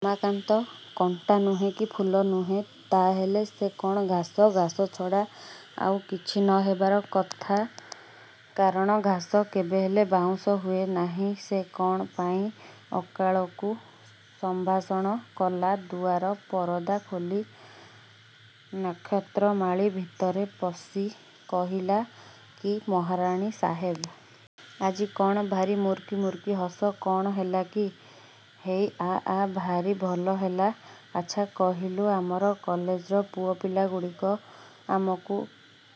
ରମାକାନ୍ତ କଣ୍ଟା ନୁହେଁ କି ଫୁଲ ନୁହେଁ। -ତାହାହେଲେ ସେ କ'ଣ ଘାସ? -ଘାସ ଛଡ଼ା ଆଉ କିଛି ନ ହେବାର କଥା। କାରଣ ଘାସ କେବେହେଲେ ବାଉଁଶ ହୁଏ ନାହିଁ। ସେ କ'ଣ ପାଇଁ ଅଳକାକୁ ସମ୍ଭାଷଣ କଲା? ଦୁଆର ପରଦା ଖୋଲି ନକ୍ଷତ୍ରମାଳୀ ଭିତରେ ପଶି କହିଲା-କି ମହାରାଣୀ ସାହେବ। ଆଜି କ'ଣ ଭାରି ମୁରୁକି ମୁରୁକି ହସ? -କ'ଣ ହେଲା କି? -ହେଇ ଆ-ଆ। ଭାରି ଭଲ ହେଲା। ଆଛା କହିଲୁ ଆମର କଲେଜର ପୁଅ ପିଲାଗୁଡ଼ାକ ଆମକୁ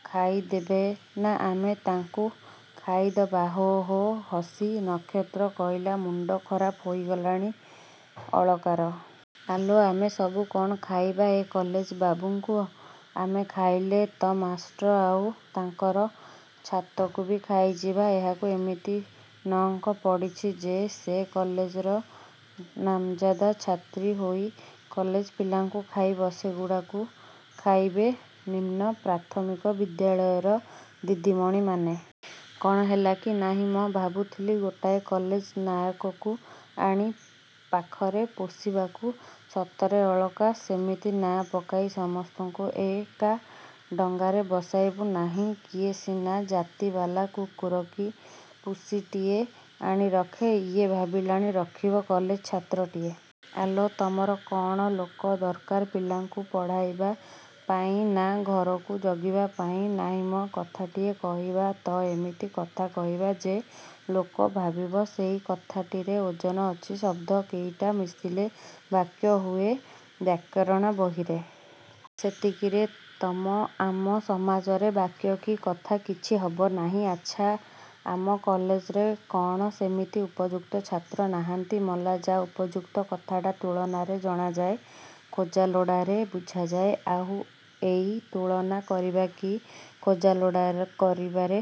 ଖାଇଦେବେ ନା ଆମେ ତାଙ୍କୁ ଖାଇଦବା? ହୋ ହୋ ହସି ନକ୍ଷତ୍ର କହିଲା-ମୁଣ୍ଡ ଖରାପ ହୋଇଗଲାଣି ଅଳକାର? ଆଲୋ, ଆମେ ସବୁ କ'ଣ ଖାଇବା ଏଇ କଲେଜ ବାବୁଙ୍କୁ? -ଆମେ ଖାଇଲେ ତ ମାଷ୍ଟ୍ର ଆଉ ତାଙ୍କର ଛାତକୁ ବି ଖାଇଯିବା? -କାହାକୁ ଏମିତି ନଅଙ୍କ ପଡ଼ିଛି ଯେ ସେ କଲେଜର ନାମଯାଦା ଛାତ୍ରୀ ହୋଇ କଲେଜ ପିଲାଙ୍କୁ ଖାଇବ? ସେଗୁଡ଼ାଙ୍କୁ ଖାଇବେ ନିମ୍ନ ପ୍ରାଥମିକ ବିଦ୍ୟାଳୟର ଦିଦିମଣିମାନେ। କ'ଣ ହେଲା କି? -ନାହିଁ ମ। ଭାବୁଥିଲି ଗୋଟାଏ କଲେଜ ନାୟକକୁ ଆଣି ପାଖରେ ପୋଷିବାକୁ। -ସତରେ ଅଳକା, ସେମିତି ନାଁ ପକାଇ ସମସ୍ତଙ୍କୁ ଏକା ଡଙ୍ଗାରେ ବସାଇବୁ ନାହିଁ। କିଏ ସିନା ଜାତିବାଲା କୁକୁର କି ପୁସିଟିଏ ଆଣି ରଖେ। ଇଏ ଭାବିଲାଣି ରଖିବ କଲେଜ ଛାତ୍ରଟିଏ-। ଆଲୋ, ତମର କ'ଣ ଲୋକ ଦରକାର ପିଲାଙ୍କୁ ପଢ଼ାଇବା ପାଇଁ ନା ଘରକୁ ଜଗିବା ପାଇଁ-? -ନାହିଁ ମ। -କଥାଟିଏ କହିବା ତ ଏମିତି କଥା କହିବା ଯେ ଲୋକ ଭାବିବ ସେଇ କଥାଟିରେ ଓଜନ ଅଛି। ଶବ୍ଦ କେଇଟା ମିଶିଲେ ବାକ୍ୟ ହୁଏ ବ୍ୟାକରଣ ବହିରେ। ସେତିକିରେ ତମ ଆମ ସମାଜରେ ବାକ୍ୟ କି କଥା, କିଛି ହବ ନାହିଁ। -ଆଛା, ଆମ କଲେଜରେ କ'ଣ ସେମିତି ଉପଯୁକ୍ତ ଛାତ୍ର ନାହାନ୍ତି? -ମଲା ଯା। ଉପଯୁକ୍ତ କଥାଟା ତୁଳନାରେ ଜଣାଯାଏ। ଖୋଜା ଲୋଡ଼ାରେ ବୁଝାଯାଏ-। ଆଉ ଏହି ତୁଳନା କରିବା କି ଖୋଜାଲୋଡ଼ାରେ କରିବା ପାଇଁ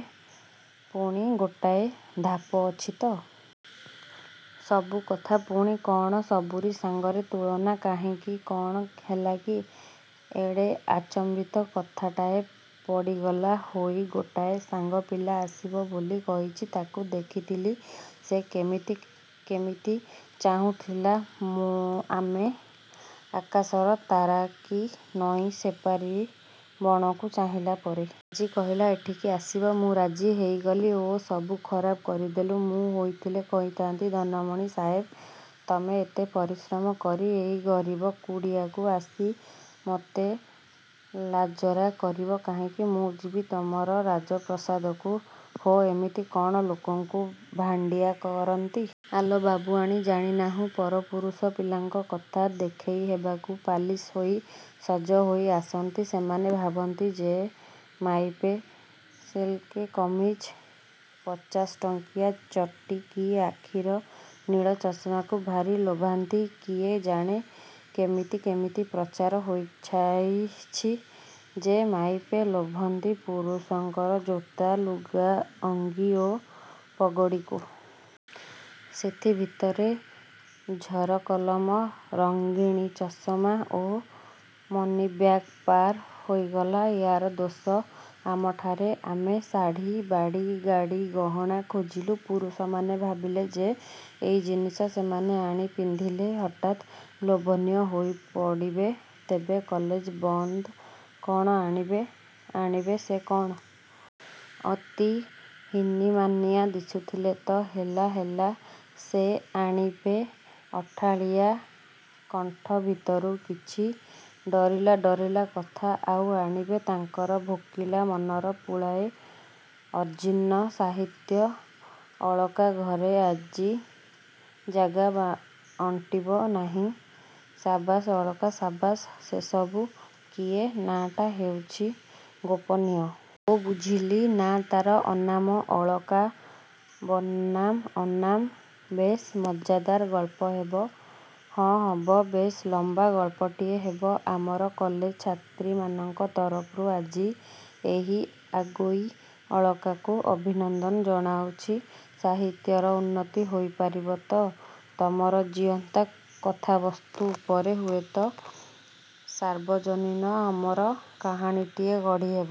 ପୁଣି ଗୋଟାଏ ଧାପ ଅଛି ତ-। ସବୁ କଥା ପୁଣି କ'ଣ ସବୁରି ସାଙ୍ଗରେ ତୁଳନା? କାହିଁକି, କଣ ହେଲାକି? ଏଡ଼େ ଆଚମ୍ୱିତ କଥାଟାଏ ପଡ଼ିଗଲା? -ହେଇ, ଗୋଟାଏ ସାଙ୍ଗପିଲା ଆସିବ ବୋଲି କହିଛି। ତା'କୁ ଦେଖିଥିଲି ସେ କେମିତି କେମିତି ଚାହୁଁଥିଲା-ଆମେ ଆକାଶର ତାରା କି ନଈ ସେପାରି ବଣକୁ ଚାହିଁଲା ପରି। ଆଜି କହିଲା-ଏଠିକି ଆସିବ। ମୁଁ ରାଜି ହୋଇଗଲି। ଓଃ, ସବୁ ଖରାପ କରିଦେଲୁ। ମୁଁ ହୋଇଥିଲେ କହିଥା'ନ୍ତି-ଧନମଣି ସାହେବ, ତମେ ଏତେ ପରିଶ୍ରମ କରି ଏଇ ଗରିବ କୁଡ଼ିଆକୁ ଆସି ମତେ ଲାଜରା କରିବ କାହିଁକି? ମୁଁ ଯିବି ତମର ରାଜପ୍ରାସାଦକୁ। -ହେଃ, ଏମିତି କ'ଣ ଲୋକଙ୍କୁ ଭାଣ୍ଡିଆ କରନ୍ତି? -ଆଲୋ ବାବୁଆଣୀ। ଜାଣିନାହୁଁ ପରପୁରୁଷ ପିଲାଙ୍କ କଥା। ଦେଖେଇ ହବାକୁ ପାଲିସ୍ ହୋଇ ସଜ ହୋଇ ଆସନ୍ତି। ସେମାନେ ଭାବନ୍ତି ଯେ ମାଇପେ ସିଲକ୍ କମିଜ, ପଚାଶ ଟଙ୍କିଆ ଚଟି କି ଆଖିର ନୀଳ ଚଷମାକୁ ଭାରି ଲୋଭାନ୍ତି। -କିଏ ଜାଣେ? କେମିତି କେମିତି ପ୍ରଚାର ହୋଇଯାଇଛି ଯେ ମାଇପେ ଲୋଭାନ୍ତି ପୁରୁଷଙ୍କର ଜୋତା, ଲୁଗା, ଅଙ୍ଗୀ ଓ ପଗଡ଼ିକୁ। ସେଥିଭିତରେ ଝରକଲମ, ରଙ୍ଗଣୀ ଚଷମା ଓ ମନିବ୍ୟାଗ ପାର ହୋଇଗଲା। -ୟା'ର ଦୋଷ ଆମଠାରେ। ଆମେ ଶାଢ଼ୀ, ବାଡ଼ି, ଗାଡ଼ି, ଗହଣା ଖୋଜିଲୁ। ପୁରୁଷମାନେ ଭାବିଲେ ଯେ, ଏଇ ଜିନିଷ ସେମାନେ ଆଣି ପିନ୍ଧିଲେ ହଠାତ୍ ଲୋଭନୀୟ ହୋଇପଡ଼ିବେ। ତେବେ କଲେଜ-ବନ୍ଧ କ'ଣ ଆଣିବେ? -ଆଣିବେ ସେ କ'ଣ? ଅତି ହୀନିମାନିଆ ଦିଶୁଥିଲେ ତ। -ହେଲା-ହେଲା ସେ ଆଣିବେ ଅଠାଳିଆ କଣ୍ଠ ଭିତରୁ କିଛି ଡରିଲା ଡରିଲା କଥା ଆଉ ଆଣିବେ ତାଙ୍କର ଭୋକିଲା ମନର ପୁଳାଏ ଅଜୀର୍ଣ୍ଣ ସାହିତ୍ୟ ଅଳକା ଘରେ ଆଜି ଜାଗା ଅଣ୍ଟିବ ନାହିଁ। ସାବାସ୍-ଅଳକା-ସାବାସ୍। ସେ ସବୁ କିଏ? -ନାଁ ଟା ହେଉଛି ଗୋପନୀୟ। -ଓଃ, ବୁଝିଲି। ନାଁ ତାର ଅନାମ। ଅଳକା ବନାମ ଅନାମ-ବେଶ୍ ମଜ୍ଜାଦାର ଗଳ୍ପ ହେବ। -ହଁ, ହବ, ବେଶ୍ ଲମ୍ୱା ଗଳ୍ପଟିଏ ହେବ। -ଆମର କଲେଜ ଛାତ୍ରୀମାନଙ୍କ ତରଫରୁ ଆଜି ଏହି ଆଗୋଇ ଅଳକାକୁ ଅଭିନନ୍ଦନ ଜଣାଉଛି। ସାହିତ୍ୟର ଉନ୍ନତି ହୋଇ ପାରିବ ତ। ତମର ଜୀଅନ୍ତା କଥାବସ୍ତୁ ଉପରେ ହୁଏତ ସାର୍ବଜନୀନ ଅମର କାହାଣୀଟିଏ ଗଢ଼ି ହେବ।